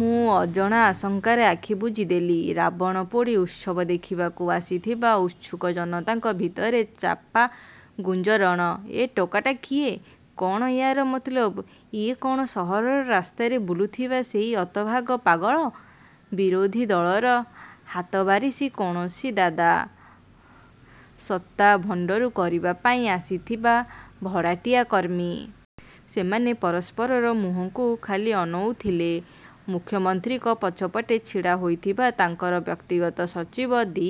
ମୁଁ ଅଜଣା ଆଶଙ୍କାରେ ଆଖି ବୁଜିଦେଲି। ରାବଣପୋଡ଼ି ଉତ୍ସବ ଦେଖିବାକୁ ଆସିଥିବା ଉତ୍ସୁକ ଜନତାଙ୍କ ଭିତରେ ଚାପା ଗୁଞ୍ଜରଣ–ଏ ଟୋକାଟା କିଏ? କଣ ୟାର ମତଲବ? ଇଏ କଣ ସହରର ରାସ୍ତାରେ ବୁଲୁଥିବା ସେଇ ହତଭାଗ୍ୟ ପାଗଳ? ବିରୋଧୀ ଦଳର ହାତବାରିସି କୌଣସି ଦାଦା? ସତ୍ତା ଭଣ୍ଡୁର କରିବା ପାଇଁ ଆସିଥିବା ଭଡ଼ାଟିଆ କର୍ମୀ? ସେମାନେ ପରସ୍ପରର ମୁହଁକୁ ଖାଲି ଅନଉଥିଲେ। ମୁଖ୍ୟମନ୍ତ୍ରୀଙ୍କ ପଛପଟେ ଛିଡ଼ା ହୋଇଥିବା ତାଙ୍କର ବ୍ୟକ୍ତିଗତ ସଚିବ ଦି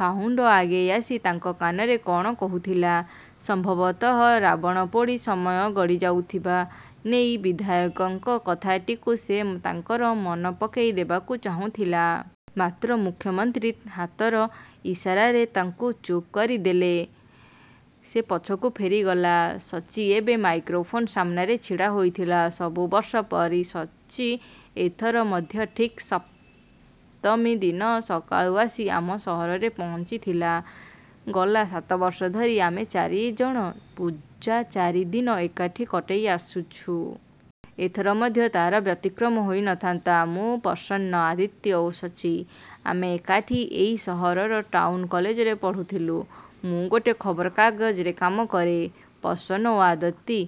ପାହୁଣ୍ଡ ଆଗେଇ ଆସି ତାଙ୍କ କାନରେ କଣ କହୁଥିଲା। ସମ୍ଭବତଃ ରାବଣପୋଡ଼ି ସମୟ ଗଡ଼ିଯାଉଥିବା ନେଇ ବିଧାୟକଙ୍କ କଥାଟିକୁ ସେ ତାଙ୍କର ମନ ପକେଇ ଦେବାକୁ ଚାହୁଁଥିଲା। ମାତ୍ର ମୁଖ୍ୟମନ୍ତ୍ରୀ ହାତର ଇସାରାରେ ତାକୁ ଚୁପ୍ କରିଦେଲେ। ସେ ପଛକୁ ଫେରିଗଲା। ସଚ୍ଚି ଏବେ ମାଇକ୍ରୋଫୋନ ସାମ୍ନାରେ ଛିଡ଼ା ହୋଇଥିଲା। ସବୁ ବର୍ଷ ପରି ସଚ୍ଚି ଏଥର ମଧ୍ୟ ଠିକ୍ ସପ୍ତମୀ ଦିନ ସକାଳୁ ଆସି ଆମ ସହରରେ ପହଞ୍ଚିଥିଲା। ଗଲା ସାତବର୍ଷ ଧରି ଆମେ ଚାରିଜଣ ପୂଜା ଚାରିଦିନ ଏକାଠି କଟେଇ ଆସୁଛୁ। ଏଥର ମଧ୍ୟ ତାର ବ୍ୟତିକ୍ରମ ହୋଇ ନଥାନ୍ତା। ମୁଁ, ପ୍ରସନ୍ନ, ଆଦିତ୍ୟ ଓ ସଚ୍ଚି। ଆମେ ଏକାଠି ଏଇ ସହରର ଟାଉନ୍ କଲେଜରେ ପଢ଼ୁଥିଲୁ। ମୁଁ ଗୋଟେ ଖବରକାଗଜରେ କାମ କରେ। ପ୍ରସନ୍ନ ଓ ଆଦତି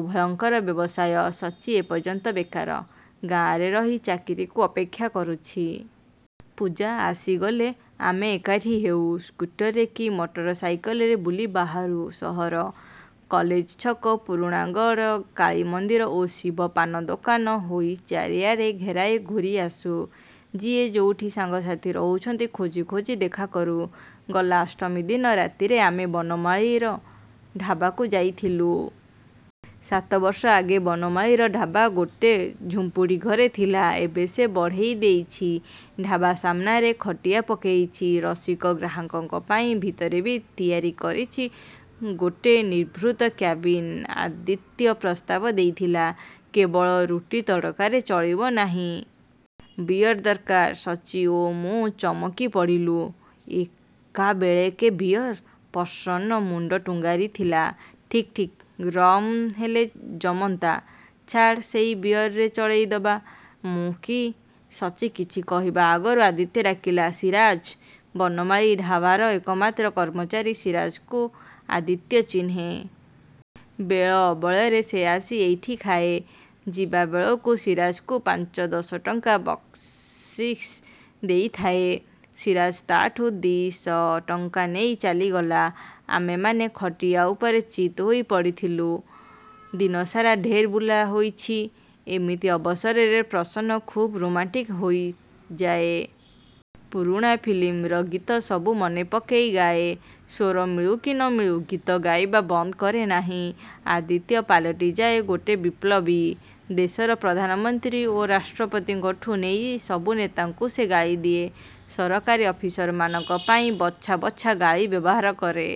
ଉଭୟଙ୍କର ବ୍ୟବସାୟ। ସଚ୍ଚି ଏ ପର୍ଯ୍ୟନ୍ତ ବେକାର। ଗାଁରେ ରହି ଚାକିରିକୁ ଅପେକ୍ଷା କରୁଛି। ପୂଜା ଆସିଗଲେ ଆମେ ଏକାଠି ହେଉ। ସ୍କୁଟର କି ମଟର ସାଇକେଲରେ ବୁଲି ବାହାରୁ ସହର। କଲେଜ ଛକ, ପୁରୁଣାଗର, କାଳୀ ମନ୍ଦିର ଓ ଶିବ ପାନଦୋକାନ ହୋଇ ଚାରିଆଡ଼େ ଘେରାଏ ଘୂରିଆସୁ। ଯିଏ ଯୋଉଠି ସାଙ୍ଗସାଥୀ ରହୁଛନ୍ତି ଖୋଜି ଖୋଜି ଦେଖାକରୁ। ଗଲା ଅଷ୍ଟମୀ ଦିନ ରାତିରେ ଆମେ ବନମାଳୀର ଢାବାକୁ ଯାଇଥିଲୁ। ସାତବର୍ଷ ଆଗେ ବନମାଳୀର ଢାବା ଗୋଟେ ଝୁମ୍ପୁଡ଼ି ଘରେ ଥିଲା, ଏବେ ସେ ବଢ଼େଇ ଦେଇଛି। ଢାବା ସାମ୍ନାରେ ଖଟିଆ ପକେଇଛି, ରସିକ ଗ୍ରାହକଙ୍କ ପାଇଁ ଭିତରେ ବି ତିଆରି କରିଛି ଗୋଟେ ନିଭୃତ କ୍ୟାବିନ। ଆଦିତ୍ୟ ପ୍ରସ୍ତାବ ଦେଇଥିଲା, "କେବଳ ରୁଟି ତଡ଼କାରେ ଚଳିବ ନାହିଁ। ବିଅର ଦରକାର।"ସଚ୍ଚି ଓ ମୁଁ ଚମକି ପଡ଼ିଲୁ। ଏକାବେଳକେ ବିଅର! ପ୍ରସନ୍ନ ମୁଣ୍ଡ ଟୁଙ୍ଗାରିଥିଲା, "ଠିକ୍, ଠିକ୍। ରମ୍ ହେଲେ ଜମନ୍ତା। ଛାଡ଼ ସେଇ ବିଅରରେ ଚଳେଇଦେବା।" ମୁଁ କି ସଚ୍ଚି କିଛି କହିବା ଆଗରୁ ଆଦିତ୍ୟ ଡାକିଲା, "ସିରାଜ୍!"ବନମାଳୀ ଢାବାର ଏକମାତ୍ର କର୍ମଚାରୀ ସିରାଜକୁ ଆଦିତ୍ୟ ଚିହ୍ନେ। ବେଳ ଅବେଳରେ ସେ ଆସି ଏଇଠି ଖାଏ। ଯିବାବେଳକୁ ସିରାଜକୁ ପାଞ୍ଚ ଦଶ ଟଙ୍କା ବକ୍ସିସ୍ ଦେଇଥାଏ। ସିରାଜ ତାଠୁଁ ଦି ଶହ ଟଙ୍କା ନେଇ ଚାଲିଗଲା। ଆମେମାନେ ଖଟିଆ ଉପରେ ଚିତ୍ ହୋଇ ପଡ଼ିଥିଲୁ। ଦିନସାରା ଢେର୍ ବୁଲା ହୋଇଛି। ଏମିତି ଅବସରରେ ପ୍ରସନ୍ନ ଖୁବ୍ ରୋମାଣ୍ଟିକ୍ ହୋଇଯାଏ। ପୁରୁଣା ଫିଲ୍ମର ଗୀତ ସବୁ ମନେପକେଇ ଗାଏ। ସ୍ୱର ମିଳୁ କି ନମିଳୁ ଗୀତ ଗାଇବା ବନ୍ଦ କରେ ନାହିଁ। ଆଦିତ୍ୟ ପାଲଟିଯାଏ ଗୋଟେ ବିପ୍ଳବୀ। ଦେଶର ପ୍ରଧାନମନ୍ତ୍ରୀ ଓ ରାଷ୍ଟ୍ରପତିଙ୍କଠୁଁ ନେଇ ସବୁ ନେତାଙ୍କୁ ସେ ଗାଳିଦିଏ। ସରକାରୀ ଅଫିସରମାନଙ୍କ ପାଇଁ ବଛା ବଛା ଗାଳି ବ୍ୟବହାର କରେ।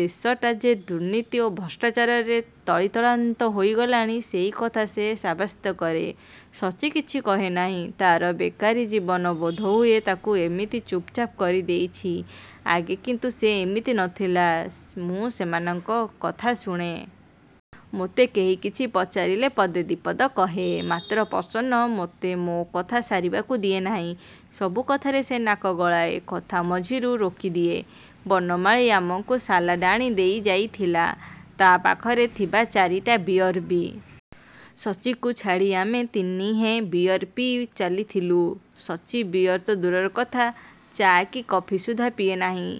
ଦେଶଟା ଯେ ଦୁର୍ନୀତି ଓ ଭ୍ରଷ୍ଟାଚାରରେ ତଳିତଳାନ୍ତ ହୋଇଗଲାଣି, ସେଇକଥା ସେ ସାବ୍ୟସ୍ତ କରେ। ସଚ୍ଚି କିଛି କହେ ନାହିଁ। ତାର ବେକାରୀ ଜୀବନ ବୋଧହୁଏ ତାକୁ ଏମିତି ଚୁପ୍‌ଚାପ୍ କରି ଦେଇଛି। ଆଗେ କିନ୍ତୁ ସେ ଏମିତି ନ ଥିଲା। ମୁଁ ସେମାନଙ୍କ କଥା ଶୁଣେ। ମୋତେ କେହି କିଛି ପଚାରିଲେ ପଦେ ଦି ପଦ କହେ। ମାତ୍ର ପ୍ରସନ୍ନ ମୋତେ ମୋ କଥା ସାରିବାକୁ ଦିଏ ନାହିଁ। ସବୁ କଥାରେ ସେ ନାକ ଗଳାଏ। କଥା ମଝିରୁ ରୋକିଦିଏ। ବନମାଳୀ ଆମକୁ ସାଲାଡ ଆଣି ଦେଇ ଯାଇଥିଲା। ତା ପାଖରେ ଥିବା ଚାରିଟା ବିଅର ବି। ସଚ୍ଚିକୁ ଛାଡ଼ି ଆମେ ତିନିହେଁ ବିଅର ପିଇ ଚାଲିଥିଲୁ। ସଚ୍ଚି ବିଅର ତ ଦୂରର କଥା, ଚା କି କଫି ସୁଦ୍ଧା ପିଏ ନାହିଁ।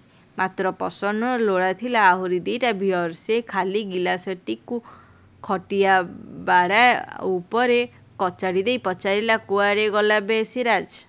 ମାତ୍ର ପ୍ରସନ୍ନର ଲୋଡ଼ା ଥିଲା ଆହୁରି ଦିଇଟା ବିଅର। ସେ ଖାଲି ଗିଲାସଟିକୁ ଖଟିଆ ବାଡ଼ା ଉପରେ କଚାଡ଼ି ଦେଇ ପଚାରିଲା, "କୁଆଡ଼େ ଗଲା ବେ ସିରାଜ!"।